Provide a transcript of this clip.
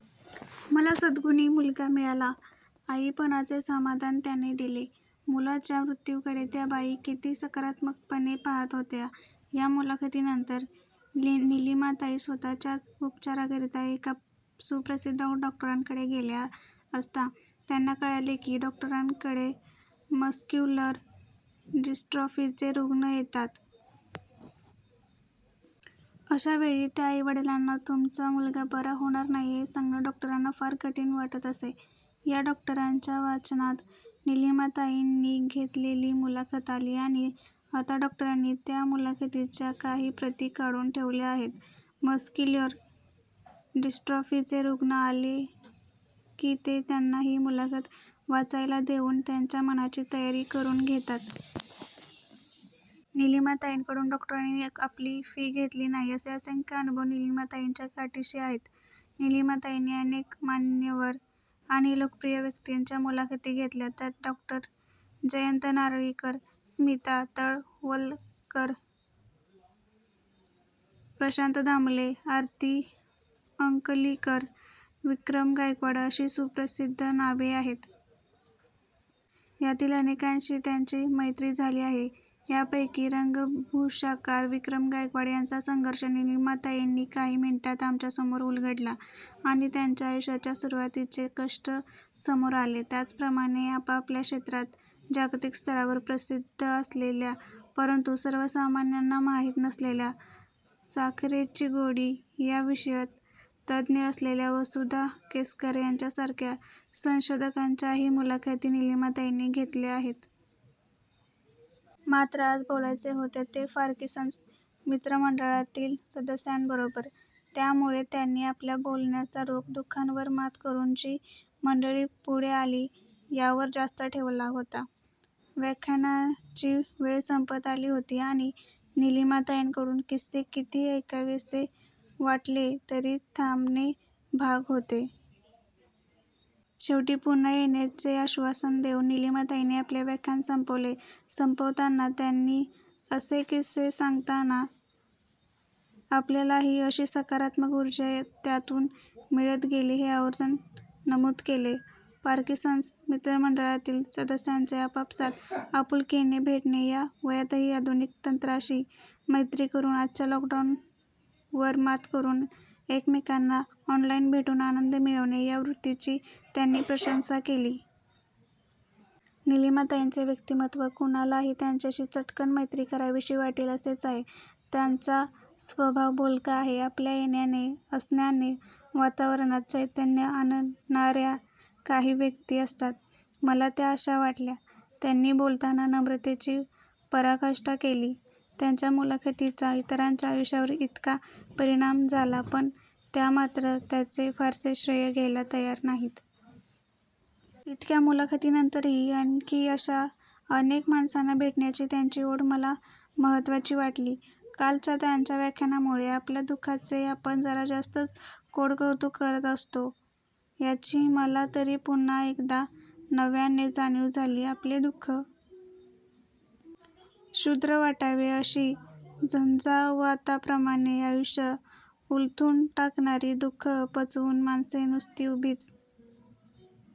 मला सद्गुणी मुलगा मिळाला. आईपणाचे समाधान त्याने दिले. मुलाच्या मृत्युकडे त्या बाई किती सकारात्मकपणे पाहात होत्या. या मुलाखतीनंतर निलिमाताई स्वतःच्याच उपचाराकरीता एका सुप्रसिद्ध डॉक्टरांकडे गेल्या असता त्यांना कळले की या डॉक्टरांकडे मस्क्युलर डिस्ट्रॉफीचे रुग्ण येतात. अशावेळी त्या आईवडिलांना तुमचा मुलगा बरा होणार नाही हे सांगणं डॉक्टरांना फार कठीण वाटत असे. या डॉक्टरांच्या वाचनात निलिमाताईंनी घेतलेली मुलाखत आली. आणि आता डॉक्टरांनी त्या मुलाखतींच्या काही प्रती काढून ठेवल्या आहेत. मस्क्युलर डिस्ट्रॉफीचे रुग्ण आले की ते त्यांना ही मुलाखत वाचायला देऊन त्यांच्या मनाची तयारी करून घेतात. निलिमाताईंकडून डॉक्टरांनी आपली फी घेतली नाही. असे असंख्य अनुभव निलिमाताईंच्या गाठीशी आहेत. निलिमाताईंनी अनेक मान्यवर आणि लोकप्रिय व्यक्तींच्या मुलाखती घेतल्या. त्यात डॉ. जयंत नारळीकर, स्मिता तळवलकर, प्रशांत दामले, आरती अंकलिकर, विक्रम गायकवाड अशी सुप्रसिद्ध नावे आहेत. यातील अनेकांशी त्यांची मैत्री झाली आहे. यापैकी रंगभूषाकार विक्रम गायकवाड यांचा संघर्ष निलिमाताईंनी काही मिनिटात आमच्यासमोर उलगडला आणि त्यांच्या आयुष्याच्या सुरुवातीचे कष्ट समोर आले. त्याचप्रमाणे आपापल्या क्षेत्रात जागतिक स्तरावर प्रसिद्ध असलेल्या परंतु सर्वसामान्यांना माहित नसलेल्या साखरेची गोडी या विषयात तज्ञ असलेल्या वसुधा केसकर यांच्यासारख्या संशोधकाच्याही मुलाखती निलिमाताईंनी घेतल्या आहेत. मात्र आज बोलायचे होते ते पार्किन्सन्स मित्रमंडळातील सदस्यांबरोबर. त्यामुळे त्यांनी आपल्या बोलण्याचा रोख दु:खांवर मात करून जी मंडळी पुढे आली यावर जास्त ठेवला होता. व्याख्यानाची वेळ संपत आली होती आणि निलिमाताईंकडून किस्से कितीही ऐकावेसे वाटले तरी थांबणे भाग होते. शेवटी पुन्हा येण्याचे आश्वासन देऊन निलिमाताईंनी आपले व्याख्यान संपवले. संपवताना त्यांनी असे किस्से सांगताना आपल्यालाही कशी सकारात्मक उर्जा त्यातून मिळत गेली हे आवर्जून नमूद केले. पार्किन्सन्स मित्रमंडळातील सदस्यांचे आपापसात आपुलकिने भेटणे, या वयातही आधुनिक तंत्राशी मैत्री करून आजच्या लॉकडाऊनवर मात करून एकमेकांना ऑनलाईन भेटून आनंद मिळवणे या वृत्तीची त्यांनी प्रशंसा केली. निलिमाताईंचे व्यक्तीमत्व कुणालाही त्यांच्याशी चटकन मैत्री कराविशी वाटेल असेच आहे. त्यांचा स्वभाव बोलका आहे. आपल्या येण्याने, असण्याने वातावरणात चैतन्य आणणार्या काही व्यक्ती असतात. मला त्या अशा वाटल्या. त्यांनी बोलताना नम्रतेची पराकाष्ठा केली. त्यांच्या मुलाखतींचा इतरांच्या आयुष्यावर इतका परिणाम झाला पण त्या मात्र त्याचे फारसे श्रेय घ्यायला तयार नाहीत. इतक्या मुलाखतींनंतरही आणखी अशा अनेक माणसांना भेटण्याची त्यांची ओढ मला महत्त्वाची वाटली. कालच्या त्यांच्या व्याख्यानामुळे आपल्या दु:खाचे आपण जरा जास्तच कोडकौतुक करत असतो याची मला तरी पुन्हा एकदा नव्याने जाणीव झाली. आपले दु:ख क्षुद्र वाटावे अशी झंझावाताप्रमाणे आयुष्य उलथून टाकणारी दु; खं पचवून माणसे नुसती उभीच